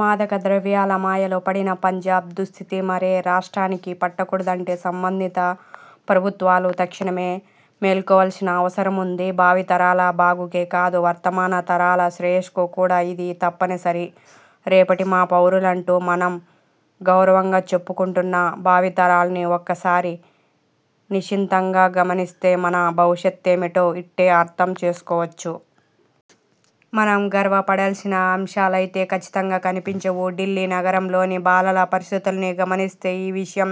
మాదక ద్రవ్యాల మాయలో పడిన పంజాబ్ దుస్థితి మరే రాష్ట్రానికీ పట్టకూడదంటే సంబంధిత ప్రభుత్వాలు తక్షణమే మేలుకోవాల్సిన అవసరముంది. భావితరాల బాగుకే కాదు, వర్తమాన తరాల శ్రేయస్సుకు కూడా ఇది తప్పనిసరి. రేపటి మా పౌరులంటూ మనం గౌర్వంగా చెప్పుకుంటున్న భావితరాల్ని ఒక్కసారి నిశితంగా గమనిస్తే మన భవిష్యత్తేమిటో ఇట్టే అర్థం చేసుకోవచ్చు. మనం గర్వపడాల్సిన అంశాలైతే కచ్చితంగా కనిపించవు. ఢిల్లీ నగరంలోని బాలల పరిస్థితుల్ని గమనిస్తే ఈ విషయం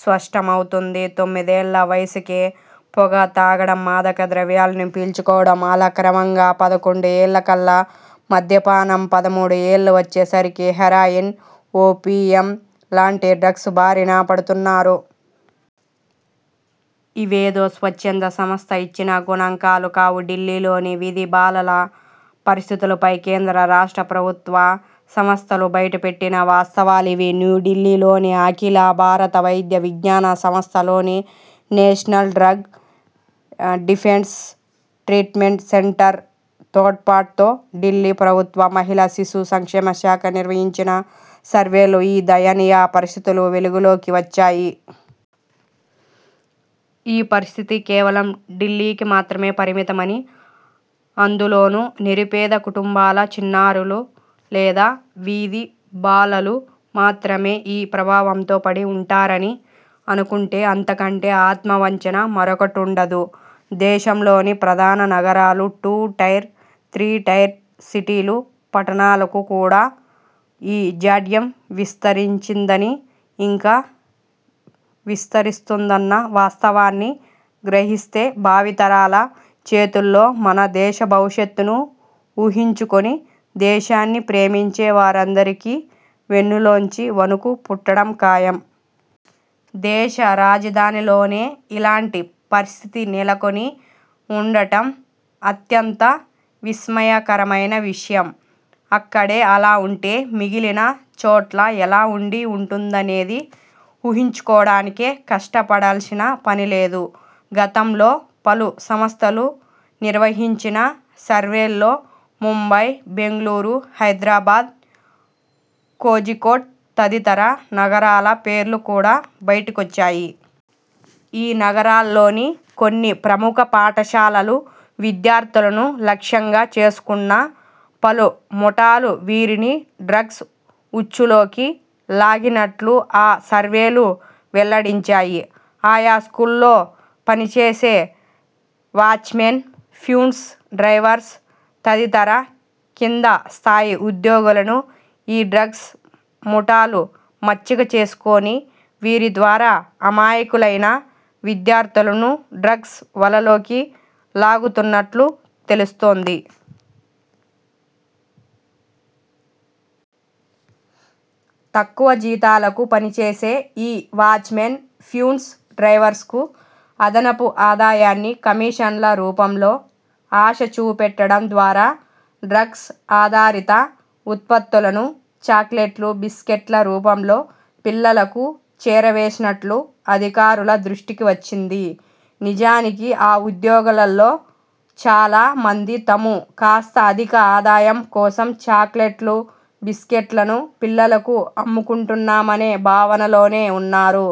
స్పష్ట మవుతుంది. తొమ్మిదేళ్ళ వయసుకే పొగ తాగడం, మాదక ద్రవ్యాల్ని పీల్చుకోవడం, అలా క్రమంగా పదకొండు ఏళ్ళకల్లా మద్యపానం, పదమూడు ఏళ్ళు వచ్చే సరికి హెరాయిన్, ఓపీఎం లాంటి డ్రగ్స్ బారిన పడుతున్నారు. ఇవేదో స్వచ్ఛంద సంస్థ ఇచ్చిన గణాంకాలు కావు. ఢిల్లీలోని వీధి బాలల పరిస్థితులపై కేంద్ర, రాష్ట్ర ప్రభుత్వ సంస్థలు బయటపెట్టిన వాస్తవాలివి. న్యూఢిల్లీ లోని అఖిల భారత వైద్య విజ్ఞాన సంస్థ లోని national drug dependence treatment centre తోడ్పాటుతో ఢిల్లీ ప్రభుత్వ మహిళా శిశు సంక్షేమ శాఖ నిర్వహించిన సర్వేలో ఈ దయనీయ పరిస్థితులు వెలుగులోకి వచ్చాయి. ఈ పరిస్థితి కేవలం ఢిల్లీకి మాత్రమే పరిమిత మని, అందులోనూ నిరుపేద కుటుంబాల చిన్నారులు లేదా వీధి బాలలు మాత్రమే ఈ ప్రభావంలో పడి ఉంటారని అనుకుంటే అంత కంటే ఆత్మ వంచన మరొకటుండదు. దేశంలోని ప్రధాన నగరాలు, టూ టైర్, త్రీ టైర్ సిటీలు, పట్టణాలకు కూడా ఈ జాడ్యం విస్తరించిందని, ఇంకా విస్తరిస్తోందన్న వాస్తవాన్ని గ్రహిస్తేభావితరాల చేతుల్లో మన దేశ భవిష్యత్తును ఊహించుకుని దేశాన్ని ప్రేమించే వారందరికీ వెన్నులోంచి వణుకు పుట్టడం ఖాయం. దేశ రాజధానిలోనే ఇలాంటి పరిస్థితి నెలకొని ఉండటం అత్యంత విస్మయకరమైన విషయం. అక్కడే అలా ఉంటే మిగిలిన చోట్ల ఎలా ఉండి ఉంటుందనేది ఊహించుకోవడానికి కష్టపడాల్సిన పనిలేదు. గతంలో పలు సంస్థలు నిర్వహించిన సర్వేల్లో ముంబై, బెంగళూరు, హైదరాబాద్, కొజికోడ్ తదితర నగరాల పేర్లు కూడా బయటకొచ్చాయి. ఈ నగరాల్లోని కొన్ని ప్రముఖ పాఠశాలల విద్యార్థులను లక్ష్యంగా చేసుకున్న పలు ముఠాలు వీరిని డ్రగ్స్ ఉచ్చులోకి లాగినట్లు ఆ సర్వేలు వెల్లడించాయి. ఆయా స్కూళ్లలో పనిచేసే వాచ్మెన్, ప్యూన్స్, డ్రైవర్స్ తదితర కింది స్థాయి ఉద్యోగులను ఈ డ్రగ్స్ ముఠాలు మచ్చిక చేసుకుని వీరి ద్వారా అమాయకులైన విద్యార్థులను డ్రగ్స్ వలలోకి లాగుతున్నట్లు తెలుస్తోంది. తక్కువ జీతాలకు పనిచేసే ఈ వాచ్మెన్, ప్యూన్స్, డ్రైవర్స్కు అదనపు ఆదాయాన్ని కమిషన్ల రూపంలో ఆశచూపడం ద్వారా డ్రగ్స్ ఆధారిత ఉత్పత్తులను చాక్లెట్లు, బిస్కెట్ల రూపంలో పిల్లలకు చేరవేస్తున్నట్లు అధికారుల దృష్టికి వచ్చింది. నిజానికి ఆ ఉద్యోగులలో చాలా మంది తాము కాస్త అధిక ఆదాయం కోసం చాక్లెట్లు, బిస్కెట్లను పిల్లలకు అమ్ముకుంటున్నామనే భావనలోనే ఉన్నారు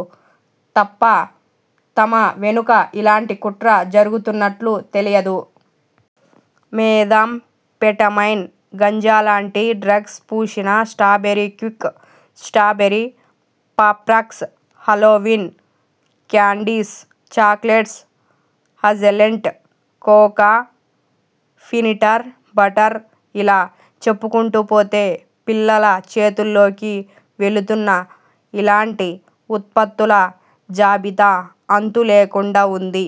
తప్ప తమ వెనుక ఇలాంటి కుట్ర జరుగుతున్నట్లు తెలియదు. మెథాంఫెటమైన్, గంజా లాంటి డ్రగ్స్ పూసిన strawberry quick, strawberry Pop Rocks, Halloween candies, chocolates, hazelnut cocoa, peanut butter ఇలా చెప్పుకుంటూ పోతే పిల్లల చేతుల్లోకి వెళుతున్న ఇలాంటి ఉత్పత్తుల జాబితా అంతు లేకుండా ఉంది.